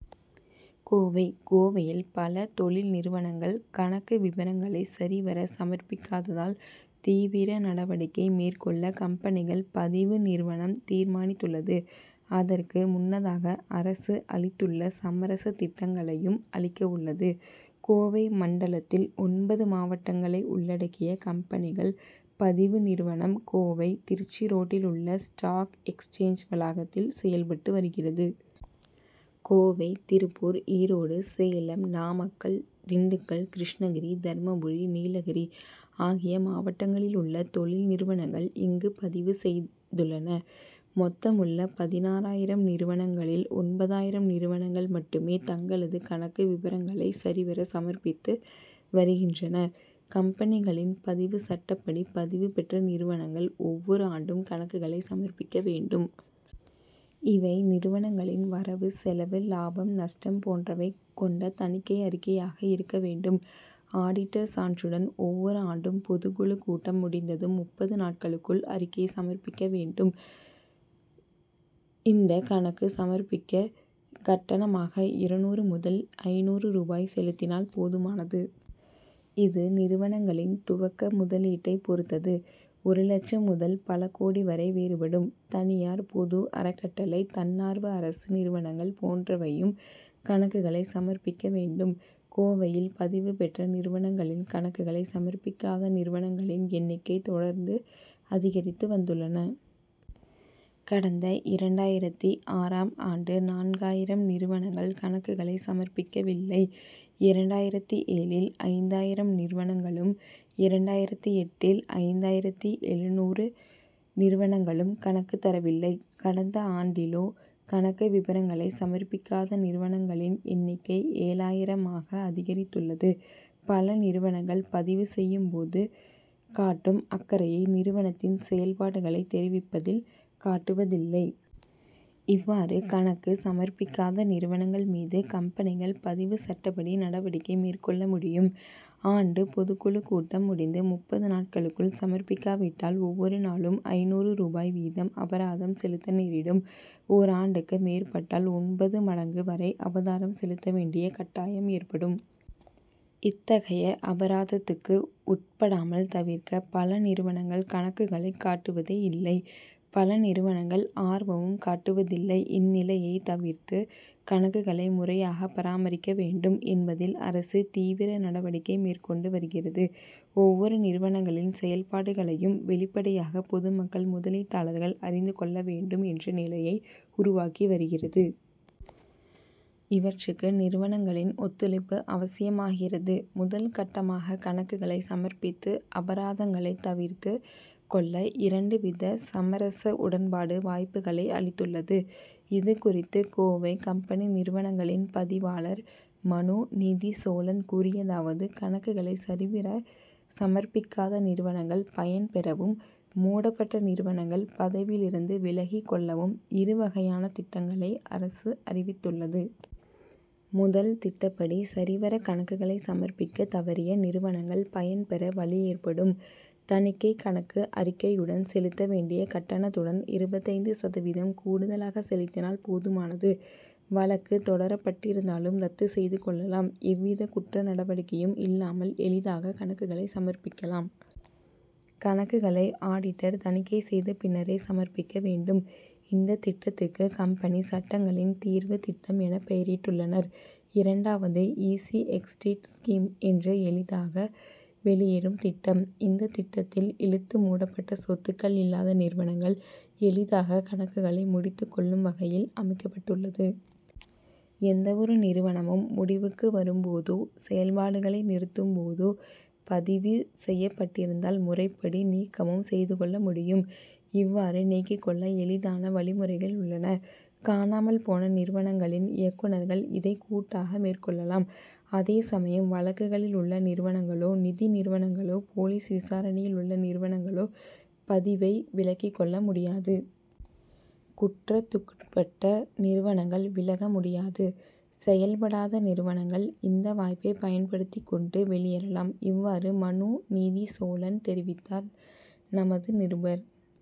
கோவை கோவையில் பல தொழில் நிறுவனங்கள் கணக்கு விபரங்களை சரிவர சமர்ப்பிக்காததால், தீவிர நடவடிக்கை மேற்கொள்ள கம்பெனிகள் பதிவு நிறுவனம் தீர்மானித்துள்ளது. அதற்கு முன்னதாக, அரசு அளித்துள்ள சமரச திட்டங்களையும் அளிக்கவுள்ளது. கோவை மண்டலத்தில் ஒன்பது மாவட்டங்களை உள்ளடக்கிய, கம்பெனிகள் பதிவு நிறுவனம் கோவை, திருச்சி ரோட்டில் உள்ள ஸ்டாக் எக்சேஞ்ச் வளாகத்தில் செயல்பட்டு வருகிறது. கோவை, திருப்பூர், ஈரோடு, சேலம், நாமக்கல், திண்டுக்கல், கிருஷ்ணகிரி, தர்மபுரி, நீலகிரி ஆகிய மாவட்டங்களிலுள்ள தொழில்நிறுவனங்கள் இங்கு பதிவு செய்துள்ளன. மொத்தமுள்ள பதினாறாயிரம் நிறுவனங்களில், ஒன்பதாயிரம் நிறுவனங்கள் மட்டுமே, தங்களது கணக்கு விபரங்களை சரிவர சமர்ப்பித்து வருகின்றன. கம்பெனிகளின் பதிவு சட்டப்படி, பதிவுபெற்ற நிறுவனங்கள் ஒவ்வொரு ஆண்டும் கணக்குகளை சமர்ப்பிக்க வேண்டும். இவை, நிறுவனங்களின் வரவு செலவு, லாபம், நஷ்டம் போன்றவை கொண்ட தணிக்கை அறிக்கையாக இருக்க வேண்டும். ஆடிட்டர் சான்றுடன், ஒவ்வொரு ஆண்டும் பொதுக்குழு கூட்டம் முடிந்ததும் முப்பது நாட்களுக்குள் அறிக்கை சமர்ப்பிக்க வேண்டும். இந்த கணக்கு சமர்ப்பிக்க கட்டணமாக இருநூறு முதல் ஐந்நூறு ரூபாய் செலுத்தினால் போதுமானது. இது, நிறுவனங்களின் துவக்க முதலீடை பொறுத்தது; ஒரு லட்சம் முதல் பல கோடி வரை வேறுபடும். தனியார், பொது, அறக்கட்டளை, தன்னார்வ அரசு நிறுவனங்கள் போன்றவையும் கணக்குகளை சமர்ப்பிக்க வேண்டும். கோவையில் பதிவு பெற்ற நிறுவனங்களில், கணக்குகளை சமர்ப்பிக்காத நிறுவனங்களின் எண்ணிக்கை தொடர்ந்து அதிகரித்து வந்துள்ளன. கடந்த இரண்டாயிரத்து ஆறாம் ஆண்டு நான்காயிரம் நிறுவனங்கள் கணக்குகளை சமர்ப்பிக்கவில்லை. இரண்டாயிரத்து ஏழில் ஐந்தாயிரம் நிறுவனங்களும், இரண்டாயிரத்து எட்டில் ஐந்தாயிரத்து எழுநூறு நிறுவனங்களும் கணக்கு தரவில்லை. கடந்த ஆண்டிலோ, கணக்கு விபரங்களை சமர்ப்பிக்காத நிறுவனங்களின் எண்ணிக்கை ஏழாயிரம் ஆக அதிகரித்துள்ளது. பல நிறுவனங்கள், பதிவு செய்யும் போது காட்டும் அக்கறையை, நிறுவனத்தின் செயல்பாடுகளை தெரிவிப்பதில் காட்டுவதில்லை. இவ்வாறு கணக்கு சமர்ப்பிக்காத நிறுவனங்கள் மீது, கம்பெனிகள் பதிவுச்சட்டப்படி நடவடிக்கை மேற்கொள்ள முடியும். ஆண்டு பொதுக்குழுக் கூட்டம் முடிந்து முப்பது நாட்களுக்குள் சமர்ப்பிக்காவிட்டால், ஒவ்வொரு நாளும் ஐந்நூறு ரூபாய் வீதம் அபராதம் செலுத்த நேரிடும். ஓராண்டுக்கு மேற்பட்டால், ஒன்பது மடங்கு வரை அபராதம் செலுத்த வேண்டிய கட்டாயம் ஏற்படும். இத்தகைய அபராதத்துக்கு உட்படாமல் தவிர்க்க, பல நிறுவனங்கள் கணக்குகளை காட்டுவதே இல்லை. பல நிறுவனங்கள், ஆர்வமும் காட்டுவதில்லை. இந்நிலையை தவிர்த்து, கணக்குகளை முறையாக பராமரிக்க வேண்டும் என்பதில் அரசு தீவிர நடவடிக்கை மேற்கொண்டு வருகிறது. ஒவ்வொறு நிறுவனங்களின் செயல்பாடுகளையும் வெளிப்படையாக பொதுமக்கள், முதலீட்டாளர்கள் அறிந்து கொள்ள வேண்டும் என்ற நிலையை உருவாக்கி வருகிறது. இவற்றுக்கு நிறுவனங்களின் ஒத் துழைப்பு அவசியமாகிறது. முதல் கட்டமாக கணக்குகளை சமர்ப்பித்து, அபராதங்களை தவிர்த்துக் கொள்ள இரண்டு வித சமரச உடன்பாடு, வாய்ப்புகளை அளித்துள்ளது. இதுகுறித்து, கோவை கம்பெனி நிறுவனங்களின் பதிவாளர் மனுநீதிச்சோழன் கூறியதாவது கணக்குகளை சரிவர சமர்ப்பிக்காத நிறுவனங்கள் பயன்பெறவும், மூடப்பட்ட நிறுவனங்கள் பதிவிலிருந்து விலகிக்கொள்ளவும் இரு வகையான திட்டங்களை அரசு அறிவித்துள்ளது. முதல் திட்டப்படி, சரிவர கணக்குகளை சமர்ப்பிக்க தவறிய நிறுவனங்கள் பயன்பெற வழி ஏற்படும். தணிக்கை கணக்கு அறிக்கையுடன், செலுத்த வேண்டிய கட்டணத்துடன் இருபத்தைந்து சதவீதம் கூடுதலாக செலுத்தினால் போதுமானது. வழக்கு தொடரப்பட்டிருந்தாலும், ரத்து செய்து கொள் ளலாம். எவ்வித குற்ற நடவடிக்கையும் இல்லாமல், எளிதாக கணக்குகளை சமர்ப்பிக்கலாம். கணக்குகளை, ஆடிட்டர் தணிக்கை செய்த பின்னரே சமர்ப்பிக்க வேண்டும். இந்த திட்டத்துக்கு, கம்பெனி சட்டங்களின் தீர்வு திட்டம் என பெயரிட்டுள்ளனர். இரண்டாவது ஈஸி எக்ஸிஸ்ட் ஸ்கீம் என்ற எளிதாக வெளியேறும் திட்டம். இந்த திட்டத்தில், இழுத்து மூடப்பட்ட, சொத்துக்கள் இல்லாத நிறுவனங்கள், எளிதாக கணக்குகளை முடித்துக் கொள்ளும் வகையில் அமைக்கப்பட்டுள்ளது. எந்த ஒரு நிறுவனமும் முடிவுக்கு வரும்போதோ, செயல்பாடுகளை நிறுத்தும்போதோ பதிவு செய்யப்பட்டிருந்தால் முறைப்படி நீக்கமும் செய்து கொள்ள முடியும். இவ்வாறு நீக்கிக் கொள்ள எளிதான வழிமுறைகள் உள்ளன. காணாமல் போன நிறுவனங்களின் இயக்குனர்கள் இதை கூட்டாக மேற்கொள்ளலாம். அதேசமயம், வழக்குகளில் உள்ள நிறுவனங்களோ, நிதி நிறுவனங்களோ, போலீஸ் விசாரணையில் உள்ள நிறுவனங்களோ பதிவை விலக்கிக் கொள்ள முடியாது. குற்றத்துக்குட்பட்ட நிறுவனங்கள், விலக முடியாது. செயல்படாத நிறுவனங்கள், இந்த வாய்ப்பை பயன்படுத்திக் கொண்டு வெளியேறலாம். இவ்வாறு, மனுநீதிச்சோழன் தெரிவித்தார். நமது நிருபர்